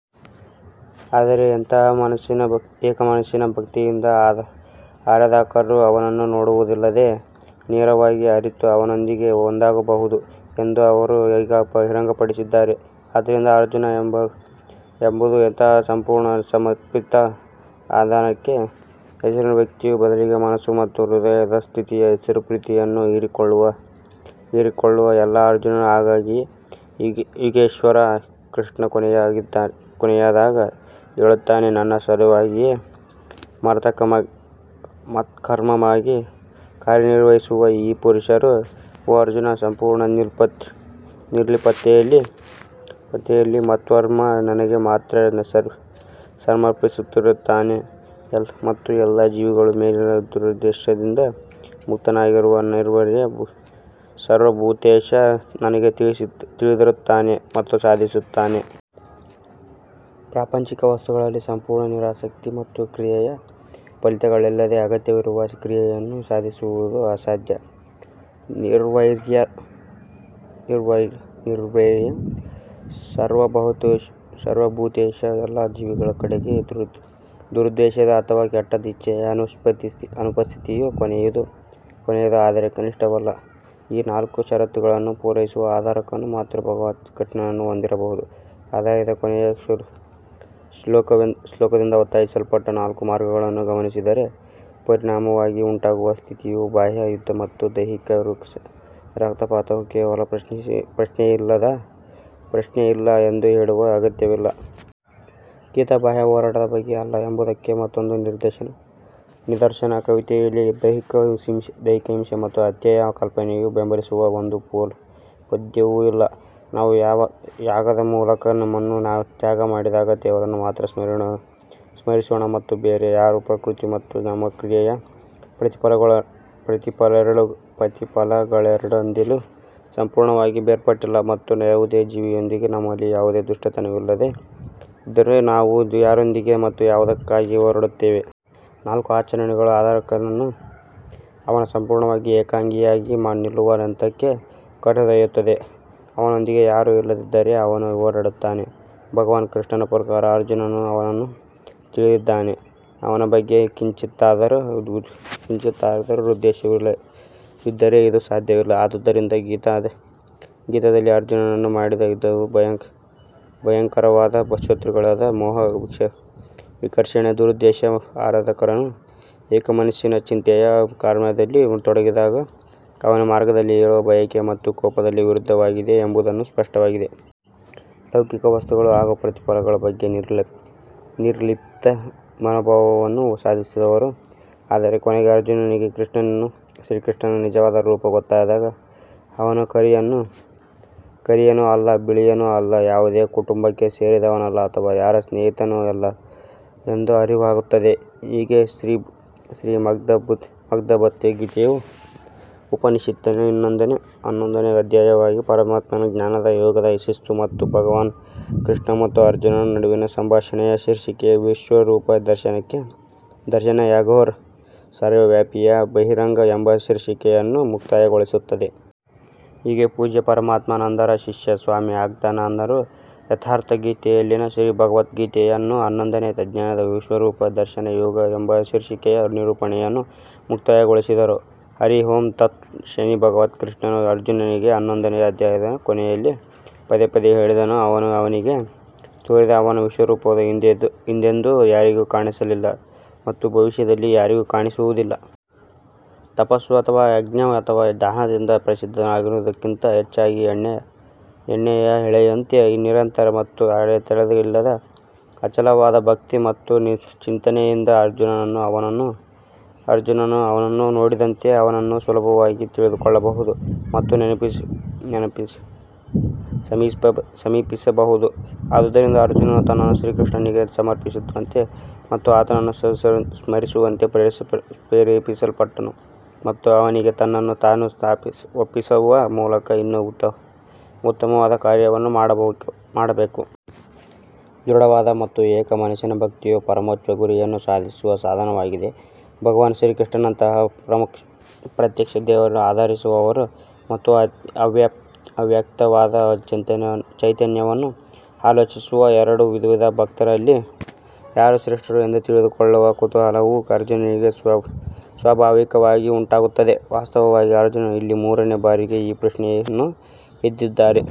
ಆದರೆ ಅಂತಹ ಏಕಮನಸ್ಸಿನ ಭಕ್ತಿಯಿಂದ ಆರಾಧಕರು ಅವನನ್ನು ನೋಡುವುದಲ್ಲದೆ ನೇರವಾಗಿ ಅರಿತು ಅವನೊಂದಿಗೆ ಒಂದಾಗಬಹುದು ಎಂದು ಅವರು ಈಗ ಬಹಿರಂಗಪಡಿಸಿದ್ದಾರೆ. ಆದ್ದರಿಂದ ಅರ್ಜುನ್ ಎಂಬುದು ಅಂತಹ ಸಂಪೂರ್ಣ ಸಮರ್ಪಿತ ಆರಾಧಕನ ಹೆಸರು ವ್ಯಕ್ತಿಯ ಬದಲಿಗೆ ಮನಸ್ಸು ಮತ್ತು ಹೃದಯದ ಸ್ಥಿತಿಯ ಹೆಸರು ಪ್ರೀತಿಯನ್ನು ಹೀರಿಕೊಳ್ಳುವ ಎಲ್ಲಾ ಅರ್ಜುನ್ ಹಾಗಾಗಿ ಯೋಗೇಶ್ವರ್ ಕೃಷ್ಣ ಕೊನೆಯದಾಗಿ ಹೇಳುತ್ತಾರೆ ನನ್ನ ಸಲುವಾಗಿಯೇ ಮತ್ಕರ್ಮಕ್ಕಾಗಿ ಕಾರ್ಯನಿರ್ವಹಿಸುವ ಈ ಪುರುಷನು ಓ ಅರ್ಜುನನು ಸಂಪೂರ್ಣ ನಿರ್ಲಿಪ್ತತೆಯಲ್ಲಿ ಮತ್ಪರ್ಮಃ ನನಗೆ ಮಾತ್ರ ಸಮರ್ಪಿತನಾಗಿರುತ್ತಾನೆ ಮತ್ತು ಎಲ್ಲಾ ಜೀವಿಗಳ ಮೇಲಿನ ದುರುದ್ದೇಶದಿಂದ ಮುಕ್ತನಾಗಿರುತ್ತಾನೆ ನಿರ್ವೈರಃ ಸರ್ವಭೂತೇಷು ನನಗೆ ತಿಳಿದಿರುತ್ತಾನೆ ಮತ್ತು ಸಾಧಿಸುತ್ತಾನೆ. ಪ್ರಾಪಂಚಿಕ ವಸ್ತುಗಳಲ್ಲಿ ಸಂಪೂರ್ಣ ನಿರಾಸಕ್ತಿ ಮತ್ತು ಕ್ರಿಯೆಯ ಫಲಗಳಿಲ್ಲದೆ ಅಗತ್ಯವಿರುವ ಕ್ರಿಯೆಯನ್ನು ಸಾಧಿಸುವುದು ಅಸಾಧ್ಯ. ನಿರ್ವ್ರೈರಃ ಸರ್ವಭೂತೇಷು ಎಲ್ಲಾ ಜೀವಿಗಳ ಕಡೆಗೆ ದುರುದ್ದೇಶ ಅಥವಾ ಕೆಟ್ಟ ಇಚ್ಛೆಯ ಅನುಪಸ್ಥಿತಿಯು ಕೊನೆಯದು ಆದರೆ ಕನಿಷ್ಠವಲ್ಲ ಈ ನಾಲ್ಕು ಷರತ್ತುಗಳನ್ನು ಪೂರೈಸುವ ಆರಾಧಕನು ಮಾತ್ರ ಭಗವಾನ್ ಕೃಷ್ಣನನ್ನು ಹೊಂದಬಹುದು ಅಧ್ಯಾಯದ ಕೊನೆಯ ಶ್ಲೋಕದಿಂದ ಒತ್ತಾಯಿಸಲ್ಪಟ್ಟ ನಾಲ್ಕು ಮಾರ್ಗಗಳನ್ನು ಗಮನಿಸಿದರೆ ಪರಿಣಾಮವಾಗಿ ಉಂಟಾಗುವ ಸ್ಥಿತಿಯು ಬಾಹ್ಯ ಯುದ್ಧ ಮತ್ತು ದೈಹಿಕ ರಕ್ತಪಾತವು ಕೇವಲ ಪ್ರಶ್ನೆಯಿಲ್ಲ ಎಂದು ಹೇಳುವ ಅಗತ್ಯವಿಲ್ಲ. ಗೀತಾ ಬಾಹ್ಯ ಹೋರಾಟದ ಬಗ್ಗೆ ಅಲ್ಲ ಎಂಬುದಕ್ಕೆ ಮತ್ತೊಂದು ನಿದರ್ಶನ ಕವಿತೆಯಲ್ಲಿ ದೈಹಿಕ ಹಿಂಸೆ ಅಥವಾ ಹತ್ಯೆಯ ಕಲ್ಪನೆಯನ್ನು ಬೆಂಬಲಿಸುವ ಒಂದು ಪದ್ಯವೂ ಇಲ್ಲ ನಾವು ಯಾಗದ ಮೂಲಕ ನಮ್ಮನ್ನು ತ್ಯಾಗ ಮಾಡಿದಾಗ ದೇವರನ್ನು ಮಾತ್ರ ಸ್ಮರಿಸೋಣ ಮತ್ತು ಬೇರೆ ಯಾರೂ ಪ್ರಕೃತಿ ಮತ್ತು ನಮ್ಮ ಕ್ರಿಯೆಯ ಪ್ರತಿಫಲಗಳೆರಡರಿಂದಲೂ ಸಂಪೂರ್ಣವಾಗಿ ಬೇರ್ಪಟ್ಟಿಲ್ಲ ಮತ್ತು ಯಾವುದೇ ಜೀವಿಯೊಂದಿಗೆ ನಮ್ಮಲ್ಲಿ ಯಾವುದೇ ದುಷ್ಟತನವಿಲ್ಲದಿದ್ದರೆ ನಾವು ಯಾರೊಂದಿಗೆ ಮತ್ತು ಯಾವುದಕ್ಕಾಗಿ ಹೋರಾಡುತ್ತೇವೆ. ನಾಲ್ಕು ಆಚರಣೆಗಳು ಆರಾಧಕನನ್ನು ಅವನು ಸಂಪೂರ್ಣವಾಗಿ ಏಕಾಂಗಿಯಾಗಿ ನಿಲ್ಲುವ ಹಂತಕ್ಕೆ ಕರೆದೊಯ್ಯುತ್ತದೆ ಅವನೊಂದಿಗೆ ಯಾರೂ ಇಲ್ಲದಿದ್ದರೆ ಅವನು ಹೋರಾಡುತ್ತಾನೆ ಭಗವಾನ್ ಕೃಷ್ಣನ ಪ್ರಕಾರ ಅರ್ಜುನನು ಅವನನ್ನು ತಿಳಿದಿದ್ದಾನೆ ಅವನ ಬಗ್ಗೆ ಕಿಂಚಿತ್ತಾದರೂ ದುರುದ್ದೇಶವಿದ್ದರೆ ಇದು ಸಾಧ್ಯವಿಲ್ಲ ಆದುದರಿಂದ ಗೀತಾದಲ್ಲಿ ಅರ್ಜುನನು ಮಾಡಿದ ಯುದ್ಧವು ಭಯಂಕರವಾದ ಶತ್ರುಗಳಾದ ಮೋಹ ವಿಕರ್ಷಣೆ ದುರುದ್ದೇಶ ಆರಾಧಕನು ಏಕಮನಸ್ಸಿನ ಚಿಂತನೆಯ ಕಾರ್ಯದಲ್ಲಿ ತೊಡಗಿದಾಗ ಅವನ ಮಾರ್ಗದಲ್ಲಿ ಏಳುವ ಬಯಕೆ ಮತ್ತು ಕೋಪದ ವಿರುದ್ಧವಾಗಿದೆ ಎಂಬುದು ಸ್ಪಷ್ಟವಾಗಿದೆ. ಲೌಕಿಕ ವಸ್ತುಗಳು ಹಾಗೂ ಪ್ರತಿಫಲಗಳ ಬಗ್ಗೆ ನಿರ್ಲಿಪ್ತ ಮನೋಭಾವವನ್ನು ಸಾಧಿಸಿದರು ಆದರೆ ಕೊನೆಗೆ ಅರ್ಜುನನಿಗೆ ಶ್ರೀಕೃಷ್ಣನ ನಿಜವಾದ ರೂಪ ಗೊತ್ತಾದಾಗ ಅವನು ಕರಿಯನೂ ಅಲ್ಲ ಬಿಳಿಯೂ ಅಲ್ಲ ಯಾವುದೇ ಕುಟುಂಬಕ್ಕೆ ಸೇರಿದವನಲ್ಲ ಅಥವಾ ಯಾರ ಸ್ನೇಹಿತನೂ ಅಲ್ಲ ಎಂದು ಅರಿವಾಗುತ್ತದೆ. ಹೀಗೆ ಶ್ರೀಮದ್ಭಗವದ್ಗೀತೆಯ ಉಪನಿಷತ್ತಿನ ಹನ್ನೊಂದನೇ ಅಧ್ಯಾಯವು ಪರಮಾತ್ಮನ ಜ್ಞಾನದ ಯೋಗದ ಶಿಸ್ತು ಮತ್ತು ಭಗವಾನ್ ಕೃಷ್ಣ ಮತ್ತು ಅರ್ಜುನನ ನಡುವಿನ ಸಂಭಾಷಣೆಯ ಶೀರ್ಷಿಕೆಯ ವಿಶ್ವರೂಪ ದರ್ಶನ ಯೋಗೋರ್ ಸರ್ವವ್ಯಾಪಿಯ ಬಹಿರಂಗ ಎಂಬ ಶೀರ್ಷಿಕೆಯನ್ನು ಮುಕ್ತಾಯಗೊಳಿಸುತ್ತದೆ. ಹೀಗೆ ಪೂಜ್ಯ ಪರಮಾನಂದರ ಶಿಷ್ಯ ಸ್ವಾಮಿ ಅದ್ಗದಾನಂದರು ಯಥಾರ್ಥ ಗೀತೆಯಲ್ಲಿನ ಶ್ರೀಮದ್ಭಗವದ್ಗೀತೆಯ ಹನ್ನೊಂದನೇ ಅಧ್ಯಾಯದ ವಿಶ್ವರೂಪ ದರ್ಶನ ಯೋಗ ಎಂಬ ಶೀರ್ಷಿಕೆಯ ನಿರೂಪಣೆಯನ್ನು ಮುಕ್ತಾಯಗೊಳಿಸಿದರು. ಹರಿ ಓಂ ತತ್ ಶನಿ ಭಗವಾನ್ ಕೃಷ್ಣನು ಅರ್ಜುನನಿಗೆ ಹನ್ನೊಂದನೇ ಅಧ್ಯಾಯದ ಕೊನೆಯಲ್ಲಿ ಪದೇ ಪದೇ ಹೇಳಿದನು ಅವನು ಅವನಿಗೆ ತೋರಿದ ಅವನ ವಿಶ್ವರೂಪವು ಹಿಂದೆಂದೂ ಯಾರಿಗೂ ಕಾಣಿಸಲಿಲ್ಲ ಮತ್ತು ಭವಿಷ್ಯದಲ್ಲಿ ಯಾರಿಗೂ ಕಾಣಿಸುವುದಿಲ್ಲ. ತಪಸ್ಸು ಅಥವಾ ಯಜ್ಞ ಅಥವಾ ದಾನದಿಂದ ಪ್ರಸಿದ್ಧನಾಗುವುದಕ್ಕಿಂತ ಹೆಚ್ಚಾಗಿ ಎಣ್ಣೆಯ ಹೊಳೆಯಂತೆ ನಿರಂತರ ಮತ್ತು ಅಡೆತಡೆಯಿಲ್ಲದ ಅಚಲವಾದ ಭಕ್ತಿ ಮತ್ತು ಚಿಂತನೆಯಿಂದ ಅರ್ಜುನನು ಅವನನ್ನು ನೋಡಿದಂತೆ ಅವನನ್ನು ಸುಲಭವಾಗಿ ತಿಳಿದುಕೊಳ್ಳಬಹುದು ಮತ್ತು ಸಮೀಪಿಸಬಹುದು. ಆದುದರಿಂದ ಅರ್ಜುನನು ತನ್ನನ್ನು ಶ್ರೀಕೃಷ್ಣನಿಗೆ ಸಮರ್ಪಿಸುವಂತೆ ಮತ್ತು ಆತನನ್ನು ಸ್ಮರಿಸುವಂತೆ ಪ್ರೇರೇಪಿಸಲ್ಪಟ್ಟನು ಮತ್ತು ಅವನಿಗೆ ತನ್ನನ್ನು ತಾನು ಒಪ್ಪಿಸುವ ಮೂಲಕ ಇನ್ನೂ ಉತ್ತಮವಾದ ಕಾರ್ಯವನ್ನು ಮಾಡಬೇಕು. ದೃಢವಾದ ಮತ್ತು ಏಕ ಮನಸ್ಸಿನ ಭಕ್ತಿಯು ಪರಮೋಚ್ಚ ಗುರಿಯನ್ನು ಸಾಧಿಸುವ ಸಾಧನವಾಗಿದೆ ಭಗವಾನ್ ಶ್ರೀಕೃಷ್ಣನಂತಹ ಪ್ರತ್ಯಕ್ಷ ದೇವರನ್ನು ಆರಾಧಿಸುವವರು ಮತ್ತು ಅವ್ಯಕ್ತವಾದ ಚೈತನ್ಯವನ್ನು ಆಲೋಚಿಸುವ ಎರಡು ವಿಧದ ಭಕ್ತರಲ್ಲಿ ಯಾರು ಶ್ರೇಷ್ಠರು ಎಂದು ತಿಳಿದುಕೊಳ್ಳುವ ಕುತೂಹಲವು ಅರ್ಜುನನಿಗೆ ಸ್ವಾಭಾವಿಕವಾಗಿ ಉಂಟಾಗುತ್ತದೆ. ವಾಸ್ತವವಾಗಿ ಅರ್ಜುನ್ ಇಲ್ಲಿ ಮೂರನೇ ಬಾರಿಗೆ ಈ ಪ್ರಶ್ನೆಯನ್ನು ಎತ್ತಿದ್ದಾರೆ.